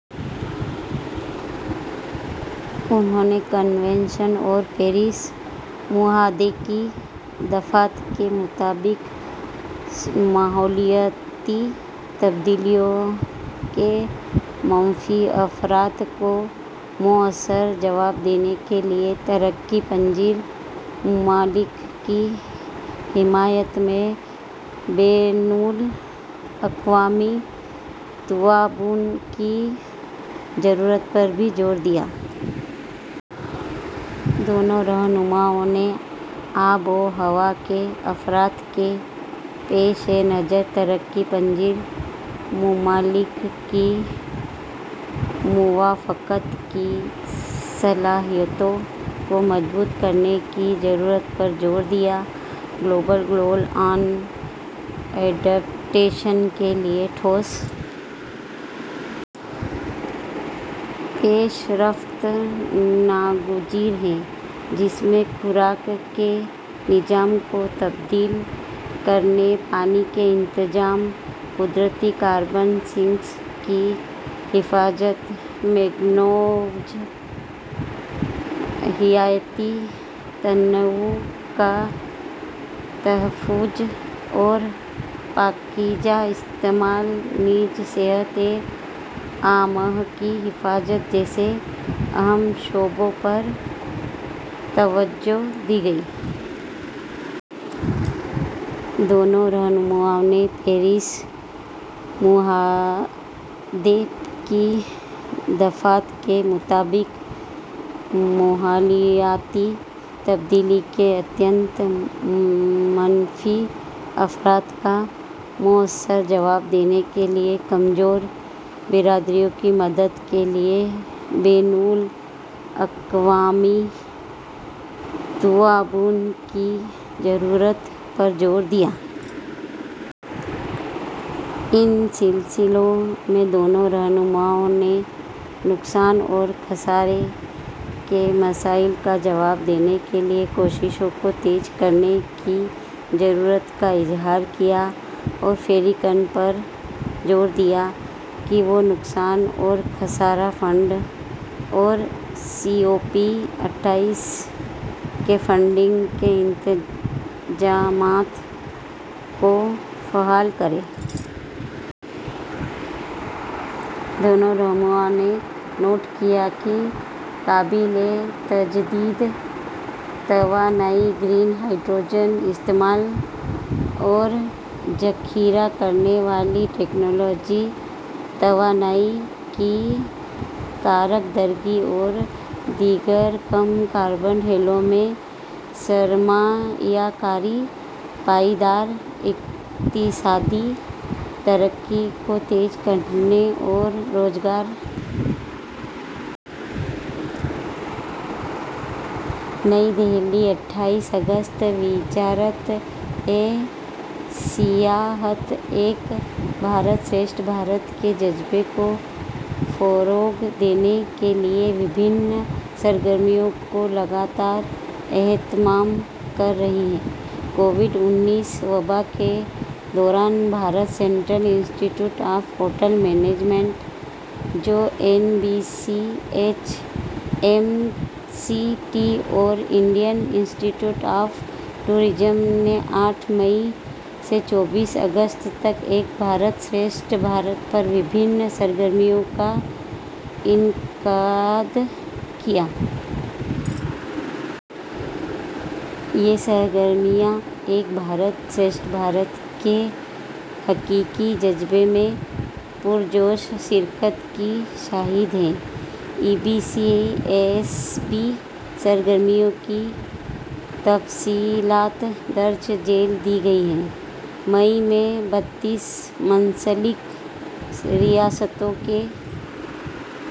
انہوں نے کنونشن اور پیرس معاہدے کی دفعات کے مطابق ماحولیاتی تبدیلیوں کے منفی اثرات کا مؤثر جواب دینے کے لیے ترقی پذیر ممالک کی حمایت میں بین الاقوامی تعاون کی ضرورت پر بھی زور دیا۔ دونوں رہنماؤں نے آب و ہوا کے اثرات کے پیش نظر ترقی پذیر ممالک کی موافقت کی صلاحیتوں کو مضبوط کرنے کی ضرورت پر زور دیا۔ گلوبل گول آن ایڈپٹیشن کے لیے ٹھوس پیش رفت ناگزیر ہے جس میں خوراک کے نظام کو تبدیل کرنے، پانی کے انتظام، قدرتی کاربن سنکس کی حفاظت، مینگرووز، حیاتیاتی تنوع کا تحفظ اور پائیدار استعمال نیز صحت عامہ کی حفاظت جیسے اہم شعبوں پر توجہ دی گئی ہے۔ دونوں رہنماؤں نے پیرس معاہدے کی دفعات کے مطابق ماحولیاتی تبدیلی کے انتہائی منفی اثرات کا مؤثر جواب دینے کے لیے کمزور برادریوں کی مدد کے لیے بین الاقوامی تعاون کی ضرورت پر زور دیا۔ اس سلسلے میں دونوں رہنماؤں نے نقصانات اور خسارے کے مسائل کا جواب دینے کے لیے کوششوں کو تیز کرنے کی ضرورت کا اظہار کیا اور فریقین پر زور دیا کہ وہ نقصان اور خسارہ فنڈ اور سی او پی اٹھائیس کے فنڈنگ کے انتظامات کو فعال کریں۔ دونوں رہنماؤں نے نوٹ کیا کہ قابل تجدید توانائی، گرین ہائیڈروجن، استعمال اور ذخیرہ کرنے والی ٹیکنالوجیز، توانائی کی کارکردگی اور دیگر کم کاربن حلوں میں سرمایہ کاری پائیدار اقتصادی ترقی کو تیز کرنے اور روزگار۔ نئی دہلی، اٹھائیس اگست، وزارت سیاحت ایک بھارت شریشٹھ بھارت کے جذبے کو فروغ دینے کے لیے مختلف سرگرمیوں کا مسلسل اہتمام کر رہی ہے۔ کووڈ انیس وباء کے دوران Bharat central institute of hotel management جو N C H M C T اور Indian institute of tourism نے آٹھ مئی سے چوبیس اگست تک ایک بھارت شریشٹھ بھارت پر مختلف سرگرمیوں کا انعقاد کیا۔ یہ سرگرمیاں ایک بھارت شریشٹھ بھارت کے حقیقی جذبے میں پرجوش شرکت کی شاہد ہیں۔ ای بی ایس بی سرگرمیوں کی تفصیلات درج ذیل دی گئی ہیں، مئی میں بتیس منسلک ریاستوں کے